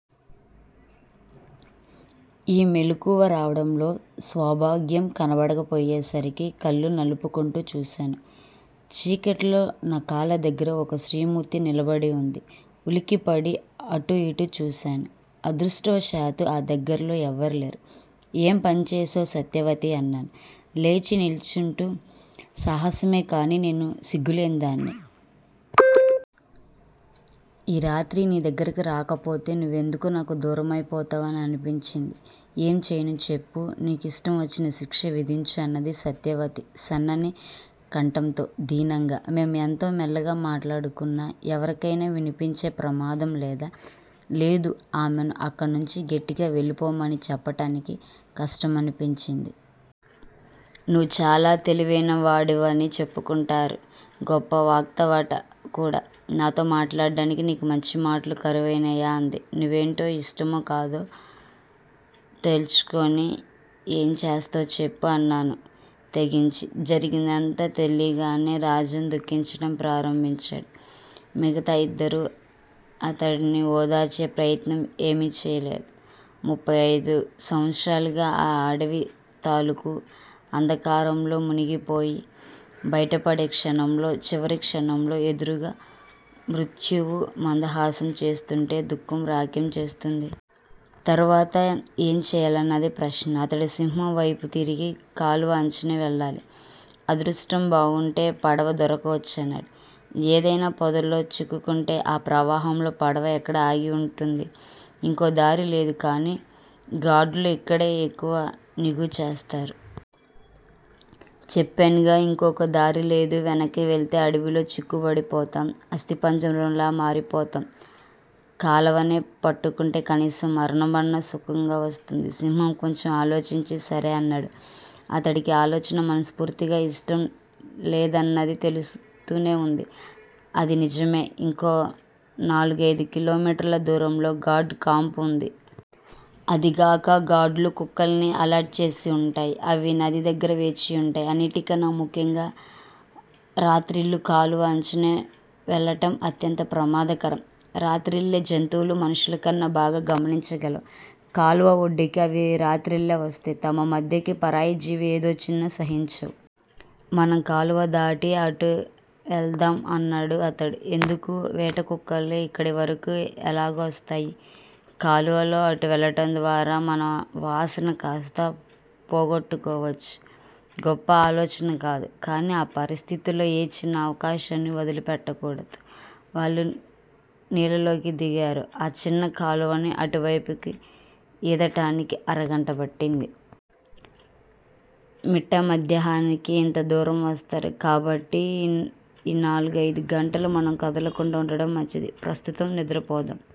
ఈ మెలకువ రావడంలో స్వాభాగ్యం కనబడకపోయేసరికి కళ్ళు నలుపుకుంటూ చూశాను. చీకట్లో నా కాళ్ళ దగ్గర ఒక స్త్రీమూర్తి నిలబడివుంది. ఉలికిపడి అటూ ఇటూ చూశాను. అదృష్టవశాత్తూ ఆ దగ్గర్లో ఎవరూలేరు. ఏం పనిచేశావు సత్యవతీ? అన్నాను లేచి నిల్చుంటూ. సాహసమే కాని నేను సిగ్గులేనిదాన్ని. ఈ రాత్రి నీ దగ్గరకు రాకపోతే నువ్వెందుకో నాకు దూరమైపోతావనిపించింది. ఏం చెయ్యను చెప్పు? నీకిష్టంవచ్చిన శిక్ష విధించు అన్నది సత్యవతి సన్నని కంఠంతో దీనంగా. మేము ఎంతో మెల్లగా మాట్లాడుకున్నా ఎవరికైనా వినిపించే ప్రమాదం లేదా? లేదు. ఆమెను అక్కడ్నుంచి గట్టిగా వెళ్ళిపొమ్మని చెప్పటానికి కష్టమనిపించింది. నువ్వు చాలా తెలివైనవాడివని చెప్పుకుంటారు. గొప్ప వక్తవటకూడా. నాతో మాట్లాడటానికి నీకు మంచిమాటలు కరువైనాయా? అంది. నువ్వంటో ఇష్టమో, కాదో తేల్చుకుని యేంచేస్తావు చెప్పు? అన్నాను తెగించి. జరిగిందంతా తెలియగానే రాజన్ దుఃఖించటం ప్రారంభించాడు. మిగతా ఇద్దరూ అతడిని ఓదార్చే ప్రయత్నం ఏమీ చేయలేదు. ముప్పై అయిదు సంవత్సరాలుగా ఆ అడవితాలూకు అంధకారంలో మునిగిపోయి, బయటపడే క్షణంలో చివరి క్షణంలో ఎదురుగా మృత్యువు మందహాసం చేస్తూంటే దుఃఖం రాకేం చేస్తుంది? తరువాత ఏం చెయ్యాలన్నది ప్రశ్న. అతడు సింహం వైపుతిరిగి, కాలువ అంచునే వెళ్ళాలి. అదృష్టం బావుంటే పడవ దొరకవచ్చు అన్నాడు. ఏదైనా పొదల్లో చిక్కుకుంటే. ఆ ప్రవాహంలో పడవ ఎక్కడ ఆగి వుంటుంది? ఇంకో దారి లేదు కానీ గార్డులు ఇక్కడే ఎక్కువ నిఘు చేస్తారు. చెప్పానుగా. ఇంకోక దారిలేదు. వెనక్కి వెళ్ళితే అడవిలో చిక్కుబడిపోతాం. అస్థిపంజరంలో మారిపోతాం. కాలవనే పట్టుకుంటే, కనీసం మరణం అన్నా సుఖంగా వస్తుంది. సింహం కొంచెం ఆలోచించి సరే అన్నాడు. అతడికీ ఆలోచన మనస్పూర్తిగా ఇష్టం లేదన్నది తెలుస్తూనేవుంది. అదీ నిజమే. ఇంకో నాలుగైదు కిలోమీటర్ల దూరంలో గార్డు కాంపు వుంది. అదీగాక గార్డులు కుక్కల్ని అలర్ట్ చేసి వుంటాయి. అవి నది దగ్గర వేచివుంటాయి. అన్నిటికన్నా ముఖ్యంగా రాత్రిళ్ళు కాలువ అంచునే వెళ్ళటం అత్యంత ప్రమాదకరం. రాత్రిళ్ళే జంతువులు మనుష్యులకన్నా బాగా గమనించగలవు. కాలువ ఒడ్డుకి అవి రాత్రిళ్ళే వస్తాయి. తమ మధ్యకి పరాయి జీవి ఏదొచ్చినా సహించవు. మనం కాలువ దాటి అటు వెళదాం అన్నాడు అతడు. ఎందుకు? వేటకుక్కలు ఇక్కడివరకూ ఎలాగూ వస్తాయి. కాలువలో అటువెళ్ళటం ద్వారా మన వాసన కాస్త పోగొట్టుకోవచ్చు. గొప్ప ఆలోచన కాదు. కానీ ఆ పరిస్థితుల్లో ఏ చిన్న అవకాశాన్నీ వదిలిపెట్టకూడదు. వాళ్ళు నీళ్ళలోకి దిగారు. ఆ చిన్న కాలువని అటువైపుకి ఈదటానికి అరగంట పట్టింది. మిట్టమధ్యాహానికి ఇంత దూరం వస్తారు. కాబట్టి ఈ నాల్గయిదు గంటలూ మనం కదలకుండా వుండటం మంచిది. ప్రస్తుతం నిద్రపోదాం.